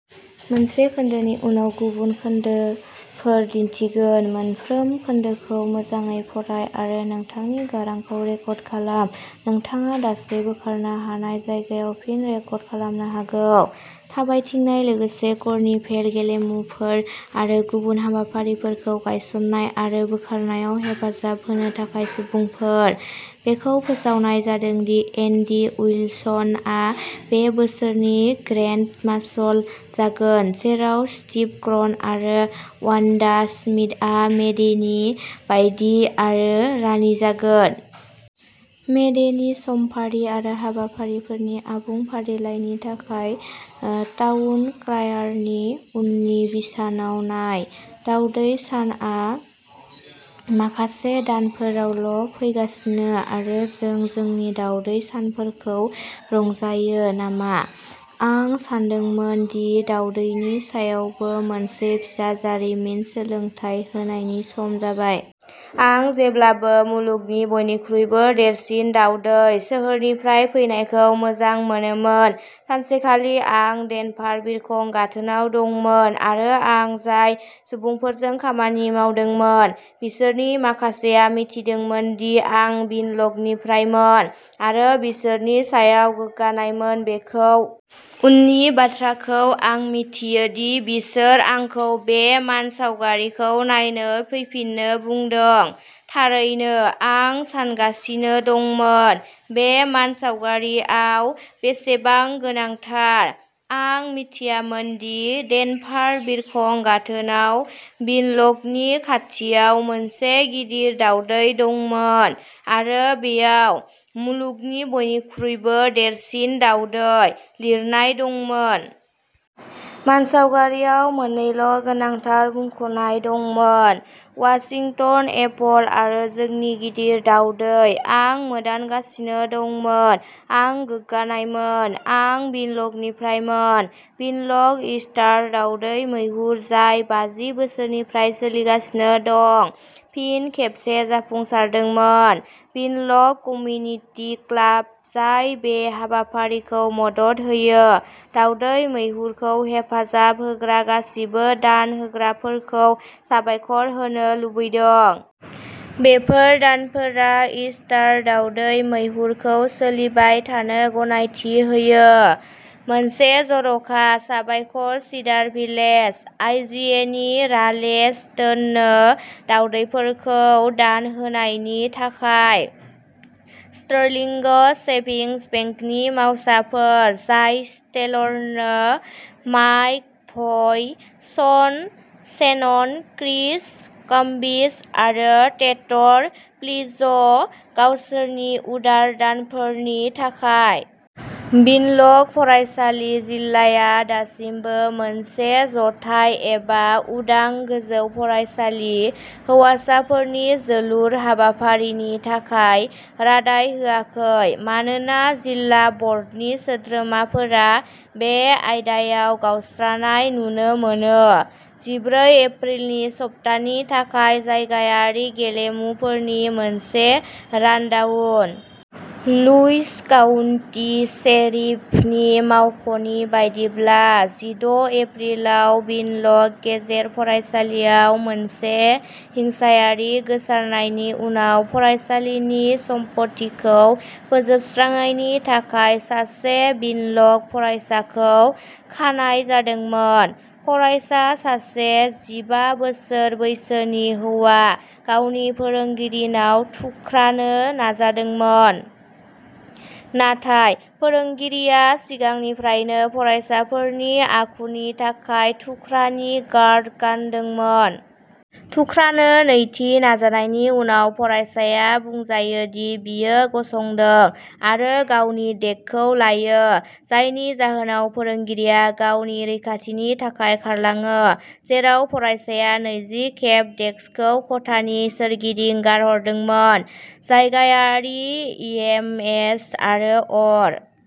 थाबायथिंनाय, लोगोसे कार्निभेल गेलेमुफोर आरो गुबुन हाबाफारिफोरखौ गायसन्नाय आरो बोखारनायाव हेफाजाब होनो थाखाय सुबुंफोर। बेखौ फोसावनाय जादों दि एन्डि उइलसनआ बे बोसोरनि ग्रेन्ड मार्शाल जागोन, जेराव स्टिभ क्रन आरो वान्डा स्मिथआ मे डेनि बायदि आरो रानि जागोन। मे डेनि समफारि आरो हाबाफारिफोरनि आबुं फारिलाइनि थाखाय, टाउन क्रायारनि उननि बिसानाव नाय। दावदै सानआ माखासे दानफोरावल'फैगासिनो आरो जों जोंनि दावदै सानफोरखौ रंजायो नामा। आं सानदोंमोन दि दावदैनि सायावबो मोनसे फिसा जारिमिन सोलोंथाय होनायनि सम जाबाय। आं जेब्लाबो मुलुगनि बयनिख्रुइबो देरसिन दावदै सोहोरनिफ्राय फैनायखौ मोजां मोनोमोन। सानसेखालि आं डेनभार बिरखं गाथोनाव दंमोन आरो आं जाय सुबुंफोरजों खामानि मावदोंमोन बिसोरनि माखासेआ मिथिदोंमोन दि आं विनलकनिफ्रायमोन आरो बिसोरनि सायाव गोग्गानायमोन। बेखौ। उननि बाथ्राखौ आं मिथियो दि बिसोर आंखौ बे मानसावगारिखौ नायनो फैफिननो बुंदों, थारैनो आं सानगासिनो दंमोन "बे मानसावगारियाव बेसेबां गोनांथार?" आं मिथियामोन दि डेनभार बिरखं गाथोनाव विनलकनि खाथियाव मोनसे गिदिर दावदै दंमोन आरो बेयाव "मुलुगनि बयनिख्रुइबो देरसिन दावदै" लिरनाय दंमोन। मानसावगारियाव मोननैल'गोनांथार मुंख'नाय दंमोन, वाशिंटन एपल आरो जोंनि गिदिर दावदै आं मोदानगासिनो दंमोन, आं गोग्गानायमोन, आं विनलकनिफ्रायमोन!! विनलक इस्टार दावदै मैहुर, जाय बाजि बोसोरनिफ्राय सोलिगासिनो दं, फिन खेबसे जाफुंसारदोंमोन। विनलक कमिउनिटि क्लाब, जाय बे हाबाफारिखौ मदद होयो, दावदै मैहुरखौ हेफाजाब होग्रा गासिबो दान होग्राफोरखौ साबायखर होनो लुबैदों। बेफोर दानफोरा इस्टार दावदै मैहुरखौ सोलिबाय थानो गनायथि होयो। मोनसे जर'खा साबायखर सिडार भिलेज आइजिएनि राले स्टोननो, दावदैफोरखौ दान होनायनि थाखाय, स्टर्लिंग सेभिंस बेंक नि मावसाफोर जायस टेलरनो, माइक भइ, शन शेनन, क्रिस काम्बिच आरो टेटर पिल्ज, गावसोरनि उदार दानफोरनि थाखाय। विनलक फरायसालि जिल्लाया दासिमबो मोनसे जथाय एबा उदां गोजौ फरायसालि हौवासाफोरनि जोलुर हाबाफारिनि थाखाय रादाय होआखै मानोना जिल्ला बर्डनि सोद्रोमाफोरा बे आयदायाव गावस्रानाय नुनो मोनो। जिब्रै एप्रिलनि सप्तानि थाखाय जायगायारि गेलेमुफोरनि मोनसे रानडाउन। लुइस काउन्टि शेरिफनि मावख'नि बायदिब्ला, जिद एप्रिलाव विनलक गेजेर फरायसालिआव मोनसे हिंसायारि गोसारनायनि उनाव फरायसालिनि सम्फथिखौ फोजोबस्रांनायनि थाखाय सासे विनलक फरायसाखौ खानाय जादोंमोन। फरायसा, सासे जिबा बोसोर बैसोनि हौवा, गावनि फोरोंगिरिनाव थुख्रानो नाजादोंमोन, नाथाय फोरोंगिरिआ सिगांनिफ्राइनो फरायसाफोरनि आखुनि थाखाय थुख्रानि गार्ड गानदोंमोन। थुख्रानो नैथि नाजानायनि उनाव, फरायसाया बुंजायो दि बियो गसंदों आरो गावनि डेकखौ लायो, जायनि जाहोनाव फोरोंगिरिआ गावनि रैखाथिनि थाखाय खारलाङो, जेराव फरायसाया नैजि खेब डेस्कखौ खथानि सोरगिदिं गारहरदोंमोन। जायगायारि इएमएस आरो अर।